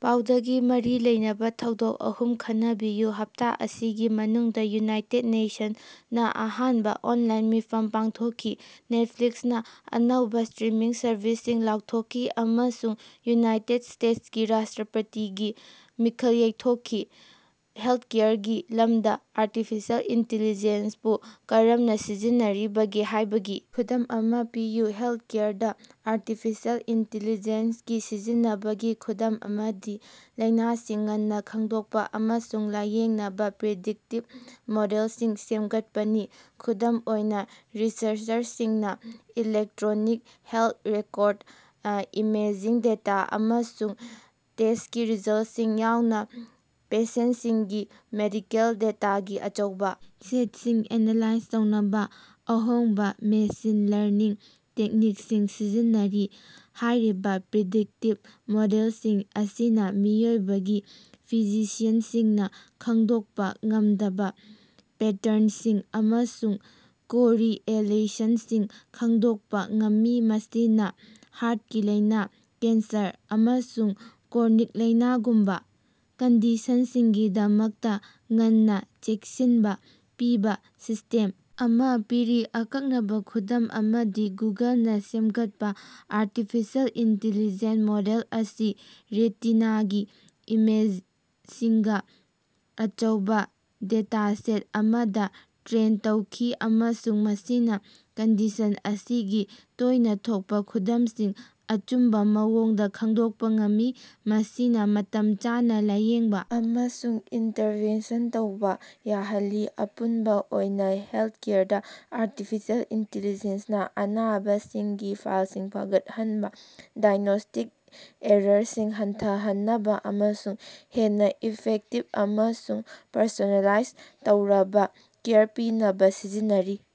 ꯄꯥꯎꯗꯒꯤ ꯃꯔꯤ ꯂꯩꯅꯕꯥ ꯊꯧꯗꯣꯛ ꯑꯍꯨꯝ ꯈꯟꯅꯕꯤꯌꯨ꯫ ꯍꯞꯇꯥ ꯑꯁꯤꯒꯤ ꯃꯅꯨꯡꯗꯥ ꯌꯨꯅꯥꯏꯇꯦꯗ ꯅꯦꯁꯟꯅꯥ ꯑꯍꯥꯟꯕꯥ ꯑꯣꯅꯂꯥꯏꯟ ꯃꯤꯐꯝ ꯄꯥꯡꯊꯣꯛꯈꯤ, ꯅꯦꯠꯐ꯭ꯂꯤꯛꯁꯅꯥ ꯑꯅꯧꯕꯥ ꯁ꯭ꯠꯔꯤꯃꯤꯡ ꯁꯔꯚꯤꯁꯁꯤꯡ ꯂꯥꯎꯊꯣꯛꯈꯤ, ꯑꯃꯁꯨꯡ ꯌꯨꯅꯥꯠꯇꯦ ꯁ꯭ꯇꯦꯛꯁꯀꯤ ꯔꯥꯁ꯭ꯇꯔꯄꯇꯤꯒꯤ ꯃꯤꯈꯜ ꯌꯩꯊꯣꯛꯈꯤ꯫ ꯍꯦꯜꯊꯀꯦꯌꯔꯒꯤ ꯂꯝꯗꯥ ꯑꯔꯇꯤꯐꯤꯁꯦꯜ ꯏꯟꯇꯦꯜꯂꯤꯖꯦꯟꯕꯨ ꯀꯔꯝꯅꯥ ꯁꯤꯖꯤꯟꯅꯔꯤꯕꯒꯦ ꯍꯥꯏꯕꯒꯤ ꯈꯨꯗꯝ ꯑꯃꯥ ꯄꯤꯌꯨ꯫ ꯍꯦꯜꯊꯀꯦꯌꯔꯗꯥ ꯑꯔꯇꯤꯐꯤꯁꯦꯜ ꯏꯟꯇꯦꯜꯂꯤꯖꯦꯟꯒꯤ ꯁꯤꯖꯤꯟꯅꯕꯒꯤ ꯈꯨꯗꯝ ꯑꯃꯗꯤ ꯂꯥꯏꯅꯥꯁꯤꯡ ꯉꯟꯅꯥ ꯈꯪꯗꯣꯛꯄꯥ ꯑꯃꯁꯨꯡ ꯂꯥꯌꯦꯡꯅꯕꯥ ꯄ꯭ꯔꯤꯗꯤꯛꯇꯤꯚ ꯃꯣꯗꯦꯜꯁꯤꯡ ꯁꯦꯝꯒꯠꯄꯅꯤ꯫ ꯈꯨꯗꯝ ꯑꯣꯏꯅꯥ, ꯔꯤꯁꯔꯆꯔꯁꯤꯡꯅꯥ electronic health record, imaging data, ꯑꯃꯁꯨꯡ ꯇꯦꯁ꯭ꯇꯀꯤ ꯔꯤꯖꯜꯇꯁꯤꯡ ꯌꯥꯎꯅꯥ ꯄꯦꯁꯦꯟꯇꯁꯤꯡꯒꯤ ꯃꯦꯗꯤꯀꯦꯜ ꯗꯦꯇꯥꯒꯤ ꯑꯆꯧꯕꯥ ꯁꯦꯠꯁꯤꯡ ꯑꯦꯅꯥꯂꯥꯏꯖ ꯇꯧꯅꯕꯥ ꯑꯍꯣꯡꯕꯥ ꯃꯦꯁꯤꯟ ꯂꯔꯅꯤꯡ ꯇꯦꯛꯅꯤꯛꯁꯤꯡ ꯁꯤꯖꯤꯟꯅꯔꯤ꯫ ꯍꯥꯏꯔꯤꯕꯥ ꯄ꯭ꯔꯤꯗꯤꯛꯇꯤꯚ ꯃꯣꯗꯦꯜꯁꯤꯡ ꯑꯁꯤꯅꯥ ꯃꯤꯑꯣꯏꯕꯒꯤ ꯐꯤꯖꯤꯁꯤꯌꯟꯁꯤꯡꯅꯥ ꯈꯪꯗꯣꯛꯄꯥ ꯉꯝꯗꯕꯥ ꯄꯦꯇꯔꯅꯁꯤꯡ ꯑꯃꯁꯨꯡ ꯀꯣꯔꯤꯑꯦꯂꯦꯁꯟꯁꯤꯡ ꯈꯪꯗꯣꯛꯄꯥ ꯉꯝꯃꯤ, ꯃꯁꯤꯅꯥ ꯍꯥꯔꯇꯀꯤ ꯂꯥꯏꯅꯥ, ꯀꯦꯟꯁꯔ, ꯑꯃꯁꯨꯡ ꯀ꯭ꯔꯣꯅꯤꯛ ꯂꯥꯏꯅꯥꯒꯨꯝꯕ ꯀꯟꯗꯤꯁꯟꯁꯤꯡꯒꯤꯗꯃꯛꯇꯥ ꯉꯟꯅꯥ ꯆꯦꯛꯁꯤꯟꯅꯕ ꯄꯤꯕꯥ ꯁꯤꯁ꯭ꯇꯦꯝ ꯑꯃꯥ ꯄꯤꯔꯤ꯫ ꯑꯀꯛꯅꯕꯥ ꯈꯨꯗꯝ ꯑꯃꯗꯤ ꯒꯨꯒꯜꯅꯥ ꯁꯦꯝꯒꯠꯄꯥ ꯑꯔꯇꯤꯐꯤꯁꯦꯜ ꯏꯟꯇꯦꯜꯂꯤꯖꯦꯟ ꯃꯣꯗꯦꯜ ꯑꯁꯤ ꯔꯦꯇꯤꯅꯥꯒꯤ ꯏꯃꯦꯖꯁꯤꯡꯒꯤ ꯑꯆꯧꯕꯥ ꯗꯦꯇꯥꯁꯦꯠ ꯑꯃꯗꯥ ꯇ꯭ꯔꯦꯟ ꯇꯧꯈꯤ ꯑꯃꯁꯨꯡ ꯃꯁꯤꯅꯥ ꯀꯟꯗꯤꯁꯟ ꯑꯁꯤꯒꯤ ꯇꯣꯏꯅꯥ ꯊꯣꯛꯄꯥ ꯈꯨꯗꯝꯁꯤꯡ ꯑꯆꯨꯝꯕꯥ ꯃꯑꯣꯡꯗꯥ ꯈꯪꯗꯣꯛꯄꯥ ꯉꯝꯃꯤ, ꯃꯁꯤꯅꯥ ꯃꯇꯝ ꯆꯥꯅꯥ ꯂꯥꯌꯦꯡꯕꯥ ꯑꯃꯁꯨꯡ ꯏꯟꯇꯔꯚꯦꯟꯁꯟ ꯇꯧꯕ ꯌꯥꯍꯜꯂꯤ꯫ ꯑꯄꯨꯟꯕꯥ ꯑꯣꯏꯅꯥ, ꯍꯦꯜꯊꯀꯦꯌꯔꯗꯥ ꯑꯔꯇꯤꯐꯤꯁꯦꯜ ꯏꯟꯇꯦꯜꯂꯤꯖꯦꯟꯅꯥ ꯑꯅꯥꯕꯁꯤꯡꯒꯤ ꯐꯂꯁꯤꯡ ꯐꯒꯠꯍꯟꯅꯕꯥ, ꯗꯥꯏꯒ꯭ꯅꯣꯁ꯭ꯇꯤꯛ ꯑꯦꯔꯥꯔꯁꯤꯡ ꯍꯟꯊꯍꯟꯅꯕꯥ ꯑꯃꯁꯨꯡ ꯍꯦꯟꯅꯥ ꯏꯐꯤꯁꯤꯌꯦꯟꯇ ꯑꯃꯁꯨꯡ ꯄꯔꯁꯣꯅꯦꯂꯥꯏꯖ ꯇꯧꯔꯕꯥ ꯀꯦꯌꯔ ꯄꯤꯅꯕꯥ ꯁꯤꯖꯤꯟꯅꯔꯤ꯫